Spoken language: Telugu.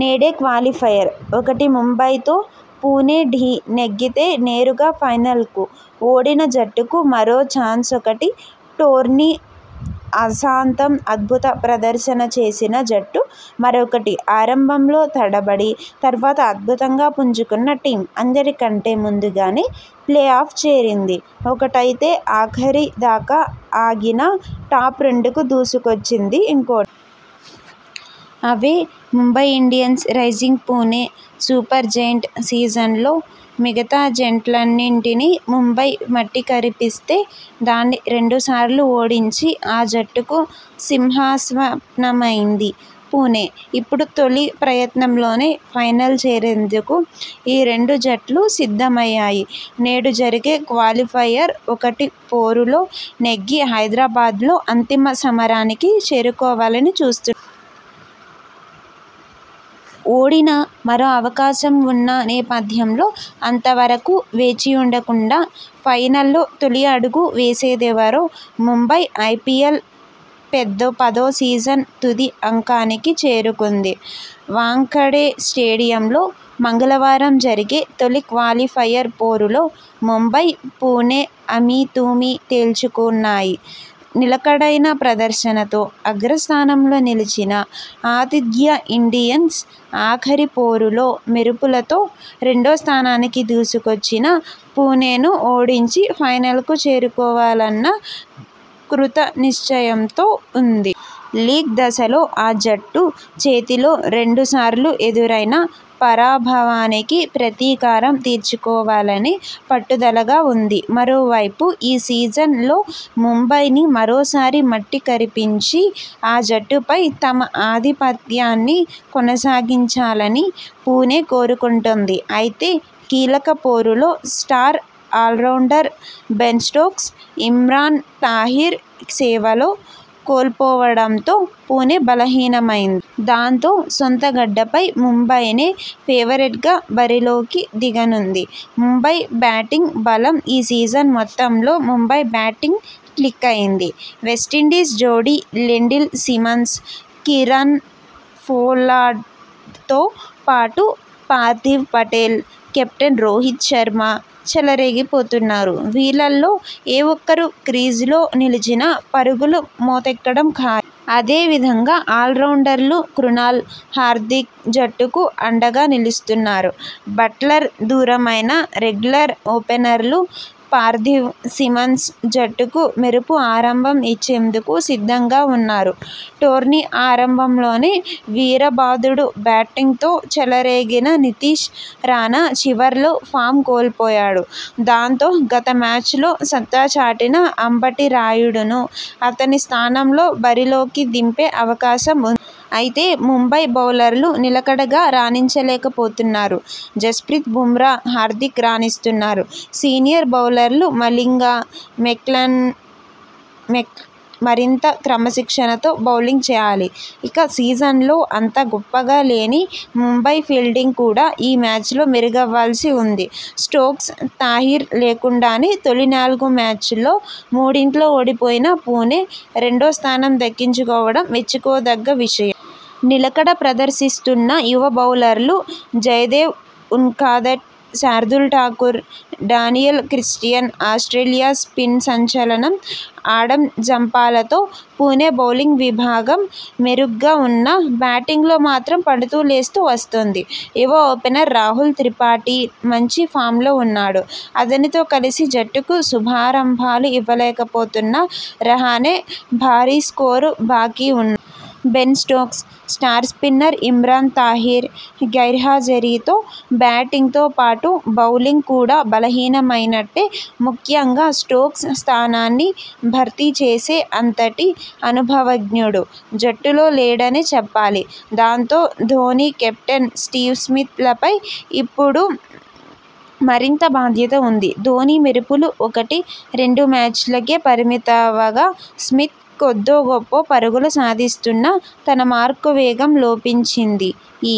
నేడే క్వాలిఫయర్-ఒకటి ముంబైతో పుణె ఢీ నెగ్గితే నేరుగా ఫైనల్కు ఓడిన జట్టుకు మరో చాన్స్ఒకటి టోర్నీ ఆసాంతం అద్భుత ప్రదర్శన చేసిన జట్టు మరొకటి ఆరంభంలో తడబడి తర్వాత అద్భుతంగా పుంజుకున్న టీమ్! అందరికంటే ముందుగానే ప్లే ఆఫ్ చేరింది ఒకటైతే ఆఖరి దాకా ఆగినా టాప్-రెండుకు దూసుకొచ్చింది ఇంకోటి! అవే Mumbai Indians, Rising Pune Supergiant! సీజన్లో మిగతా జట్లన్నింటినీ ముంబై మట్టి కరిపిస్తే దాన్ని రెండు సార్లూ ఓడించి ఆ జట్టుకు సింహస్వప్నమైంది పుణె! ఇప్పుడు తొలి ప్రయత్నంలోనే ఫైనల్ చేరేందుకు ఈ రెండు జట్లూ సిద్ధమయ్యాయి! నేడు జరిగే క్వాలిఫయర్-ఒకటి పోరులో నెగ్గి హైదరాబాద్లో అంతిమ సమరానికి చేరుకోవాలని చూస్తున్నాయి! ఓడినా మరో అవకాశం ఉన్న నేపథ్యంలో అంతవరకూ వేచి ఉండకుండా ఫైనల్లో తొలి అడుగు వేసేదెవరో ముంబై ఐపీఎల్ పదో సీజన్ తుది అంకానికి చేరుకుంది. వాంఖడే స్టేడియంలో మంగళవారం జరిగే తొలి క్వాలిఫయర్ పోరులో ముంబై, పుణె అమీతుమీ తేల్చుకోన్నాయి. నిలకడైన ప్రదర్శనతో అగ్రస్థానంలో నిలిచిన ఆతిథ్య ఇండియన్స్ ఆఖరి పోరులో మెరుపులతో రెండో స్థానానికి దూసుకొచ్చిన పుణెను ఓడించి ఫైనల్కు చేరుకోవాలన్న కృత నిశ్చయంతో ఉంది. లీగ్ దశలో ఆ జట్టు చేతిలో రెండు సార్లు ఎదురైన పరాభవానికి ప్రతీకారం తీర్చుకోవాలని పట్టుదలగా ఉంది. మరోవైపు ఈ సీజన్ లో ముంబైని మరోసారి మట్టికరిపించి ఆ జట్టుపై తమ ఆధిపత్యాన్ని కొనసాగించాలని పుణె కోరుకుంటోంది. అయితే, కీలక పోరులో star allrounder Ben Stokes, Imran Tahir సేవలు కోల్పోవడంతో పుణె బలహీనమైంది. దాంతో, సొంతగడ్డపై ముంబైనే ఫేవరెట్గా బరిలోకి దిగనుంది. ముంబై బ్యాటింగ్ బలం ఈ సీజన్ మొత్తంలో ముంబై బ్యాటింగ్ క్లిక్ అయింది. వెస్టిండీస్ జోడీ లెండిల్ సిమన్స్, కీరన్ పొలార్డ్తో పాటు పార్థివ్ పటేల్, కెప్టెన రోహిత్ శర్మ చెలరేగిపోతున్నారు. వీళ్లలో ఏ ఒక్కరు క్రీజులో నిలిచినా పరుగుల మోతెక్కడం ఖాయం. అదే విధంగా ఆల్రౌండర్లు క్రునాల్, హార్దిక్ జట్టుకు అండగా నిలుస్తున్నారు. బట్లర్ దూరమైనా రెగ్యులర్ ఓపెనర్లు పార్థివ్, సిమన్స్ జట్టుకు మెరుపు ఆరంభం ఇచ్చేందుకు సిద్ధంగా ఉన్నారు. టోర్నీ ఆరంభంలోనే వీరబాదుడు బ్యాటింగ్తో చెలరేగిన నితీష్ రాణా చివర్లో ఫామ్ కోల్పోయాడు. దాంతో, గత మ్యాచ్ లో సత్తా చాటిన అంబటి రాయుడును అతని స్థానంలో బరిలోకి దింపే అవకాశం ఉంది. అయితే, ముంబై బౌలర్లు నిలకడగా రాణించలేకపోతున్నారు. జస్ప్రీత్ బుమ్రా, హార్దిక్ రాణిస్తున్నారు. సీనియర్ బౌలర్లు మలింగ, మెక్లన్ మరింత క్రమశిక్షణతో బౌలింగ్ చేయాలి. ఇక, సీజన్లో అంత గొప్పగా లేని ముంబై ఫీల్డింగ్ కూడా ఈ మ్యాచ్లో మెరుగవ్వాల్సి ఉంది. స్టోక్స్, తాహిర్ లేకుండానే తొలి నాలుగు మ్యాచ్ ల్లో మూడింట్లో ఓడిపోయిన పుణె రెండో స్థానం దక్కించుకోవడం మెచ్చుకోదగ్గ విషయం. నిలకడ ప్రదర్శిస్తున్న యువ బౌలర్లు Jaydev Unadkat, Shardul Thakur, Daniel Christian Australia spin సంచలనం ఆడమ్ జంపాలతో పుణె బౌలింగ్ విభాగం మెరుగ్గా ఉన్నా, బ్యాటింగ్లో మాత్రం పడుతూ లేస్తూ వస్తోంది. యువ ఓపెనర్ రాహుల్ త్రిపాఠి మంచి ఫామ్లో ఉన్నాడు. అతనితో కలిసి జట్టుకు శుభారంభాలు ఇవ్వలేకపోతున్న రహానె భారీస్కోరు బాకీ ఉన్నాడు. Ben Stokes, star spinner Imran Tahir గైర్హాజరీతో బ్యాటింగ్తో పాటు బౌలింగ్ కూడా బలహీనమైనట్టే. ముఖ్యంగా స్టోక్స్ స్థానాన్ని భర్తీ చేసే అంతటి అనుభవజ్ఞుడు జట్టులో లేడనే చెప్పాలి. దాంతో, ధోనీ, కెప్టెన్ స్టివ్ స్మిత్ లపై ఇప్పుడు మరింత బాధ్యత ఉంది. ధోనీ మెరుపులు ఒకటి రెండు మ్యాచ్ లకే పరిమితవగా స్మిత్ కొద్దో గొప్పో పరుగులు సాధిస్తున్నా తన మార్కు వేగం లోపించింది. ఈ